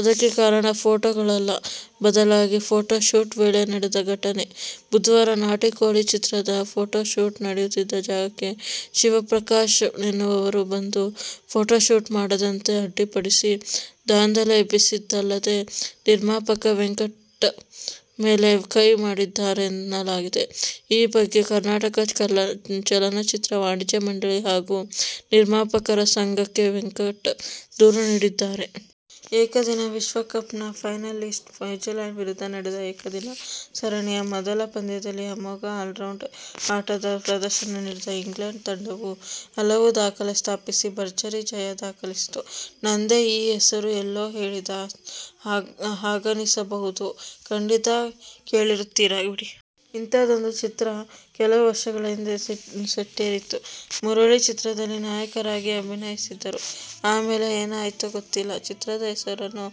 ಅದಕ್ಕೆ ಕಾರಣ, ಫೋಟೋಗಳಲ್ಲ. ಬದಲಾಗಿ, ಫೋಟೋಶೂಟ್ ವೇಳೆ ನಡೆದ ಘಟನೆ. ಬುಧವಾರ "ನಾಟಿಕೋಳಿ' ಚಿತ್ರದ ಫೋಟೋಶೂಟ್ ನಡೆಯುತ್ತಿದ್ದ ಜಾಗಕ್ಕೆ ಶಿವಪ್ರಕಾಶ್ ಎನ್ನುವವರು ಬಂದು ಫೋಟೋಶೂಟ್ ಮಾಡದಂತೆ ಅಡ್ಡಿಪಡಿಸಿ ದಾಂಧಲೆ ಎಬ್ಬಿಸಿದ್ದಲ್ಲದೇ, ನಿರ್ಮಾಪಕ ವೆಂಕಟ್ ಮೇಲೆ ಕೈ ಮಾಡಿದ್ದಾರೆನ್ನಲಾಗಿದೆ. ಈ ಬಗ್ಗೆ ಕರ್ನಾಟಕ ಚಲನಚಿತ್ರ ವಾಣಿಜ್ಯ ಮಂಡಳಿ ಹಾಗೂ ನಿರ್ಮಾಪಕರ ಸಂಘಕ್ಕೆ ವೆಂಕಟ್ ದೂರು ನೀಡಿದ್ದಾರೆ. ಏಕದಿನ ವಿಶ್ವ ಕಪ್ನ ಫೈನಲಿಸ್ಟ್ ನ್ಯೂಜಿಲ್ಯಾಂಡ್ ವಿರುದ್ಧ ನಡೆದ ಏಕದಿನ ಸರಣಿಯ ಮೊದಲ ಪಂದ್ಯದಲ್ಲಿ ಅಮೋಘ ಆಲ್ರೌಂಡ್ ಆಟದ ಪ್ರದರ್ಶನ ನೀಡಿದ ಇಂಗ್ಲೆಂಡ್ ತಂಡವು ಹಲವು ದಾಖಲೆ ಸ್ಥಾಪಿಸಿ ಭರ್ಜರಿ ಜಯ ದಾಖಲಿಸಿತು. ನಂದೇ! ಈ ಹೆಸರು ಎಲ್ಲೋ ಕೇಳಿದ ಹಾಗನಿಸಬಹುದು. ಖಂಡಿತಾ ಕೇಳಿರುತ್ತೀರಾ ಬಿಡಿ. ಇಂಥದ್ದೊಂದು ಚಿತ್ರ ಕೆಲವು ವರ್ಷಗಳ ಹಿಂದೆ ಸೆಟ್ಟೇರಿತ್ತು. ಮುರಳಿ ಚಿತ್ರದಲ್ಲಿ ನಾಯಕರಾಗಿ ಅಭಿನಯಿಸಿದ್ದರು. ಆಮೇಲೆ ಏನಾಯಿತೋ ಗೊತ್ತಿಲ್ಲ, ಚಿತ್ರದ ಹೆಸರನ್ನು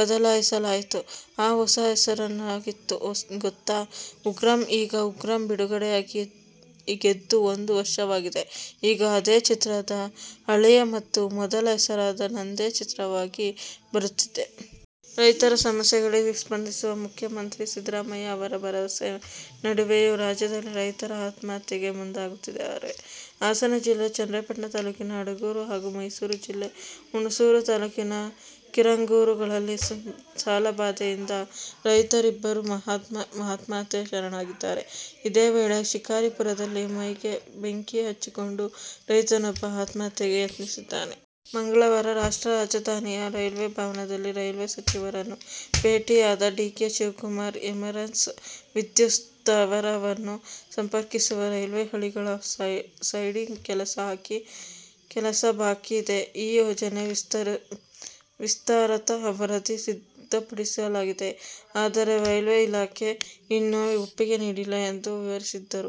ಬದಲಾಯಿಸಲಾಯಿತು. ಆ ಹೊಸ ಹೆಸರೇನಾಗಿತ್ತು ಗೊತ್ತಾ? "ಉಗ್ರಂ'. ಈಗ "ಉಗ್ರಂ' ಬಿಡುಗಡೆಯಾಗಿ, ಗೆದ್ದು ಒಂದು ವರ್ಷವಾಗಿದೆ. ಈಗ ಅದೇ ಚಿತ್ರದ ಹಳೆಯ ಮತ್ತು ಮೊದಲ ಹೆಸರಾದ "ನಂದೇ' ಚಿತ್ರವಾಗಿ ಬರುತ್ತಿದೆ. ರೈತರ ಸಮಸ್ಯೆಗಳಿಗೆ ಸ್ಪಂದಿಸುವ ಮುಖ್ಯಮಂತ್ರಿ ಸಿದ್ದರಾಮಯ್ಯ ಅವರ ಭರವಸೆ ನಡುವೆಯೂ ರಾಜ್ಯದಲ್ಲಿ ರೈತರು ಆತ್ಮಹತ್ಯೆಗೆ ಮುಂದಾಗುತ್ತಿದ್ದಾರೆ. ಹಾಸನ ಜಿಲ್ಲೆ ಚನ್ನರಾಯಪಟ್ಟಣ ತಾಲೂಕಿನ ಅಡಗೂರು ಹಾಗೂ ಮೈಸೂರು ಜಿಲ್ಲೆ ಹುಣಸೂರು ತಾಲೂಕಿನ ಕಿರಂಗೂರುಗಳಲ್ಲಿ ಸಾಲಬಾಧೆಯಿಂದ ರೈತರಿಬ್ಬರು ಆತ್ಮಹತ್ಯೆಗೆ ಶರಣಾಗಿದ್ದಾರೆ. ಇದೇ ವೇಳೆ, ಶಿಕಾರಿಪುರದಲ್ಲಿ ಮೈಗೆ ಬೆಂಕಿ ಹಚ್ಚಿಕೊಂಡು ರೈತನೊಬ್ಬ ಆತ್ಮಹತ್ಯೆಗೆ ಯತ್ನಿಸಿದ್ದಾನೆ. ಮಂಗಳವಾರ ರಾಷ್ಟ್ರ ರಾಜಧಾನಿಯ ರೈಲ್ವೆ ಭವನದಲ್ಲಿ ರೈಲ್ವೆ ಸಚಿವರನ್ನು ಭೇಟಿಯಾದ ಡಿ. ಕೆ. ಶಿವಕುಮಾರ್, ಎರ್ಮರಸ್ ವಿದ್ಯುತ್ ಸ್ಥಾವರವನ್ನು ಸಂಪರ್ಕಿಸುವ ರೈಲ್ವೆ ಹಳಿಗಳ ಸೈಡಿಂಗ್ ಕೆಲಸ ಬಾಕಿ ಇದೆ. ಈ ಯೋಜನೆ ವಿಸ್ತೃತ ವರದಿ ಸಿದ್ಧಪಡಿಸಲಾಗಿದೆ. ಆದರೆ, ರೈಲ್ವೆ ಇಲಾಖೆ ಇನ್ನೂ ಒಪ್ಪಿಗೆ ನೀಡಿಲ್ಲ ಎಂದು ವಿವರಿಸಿದರು.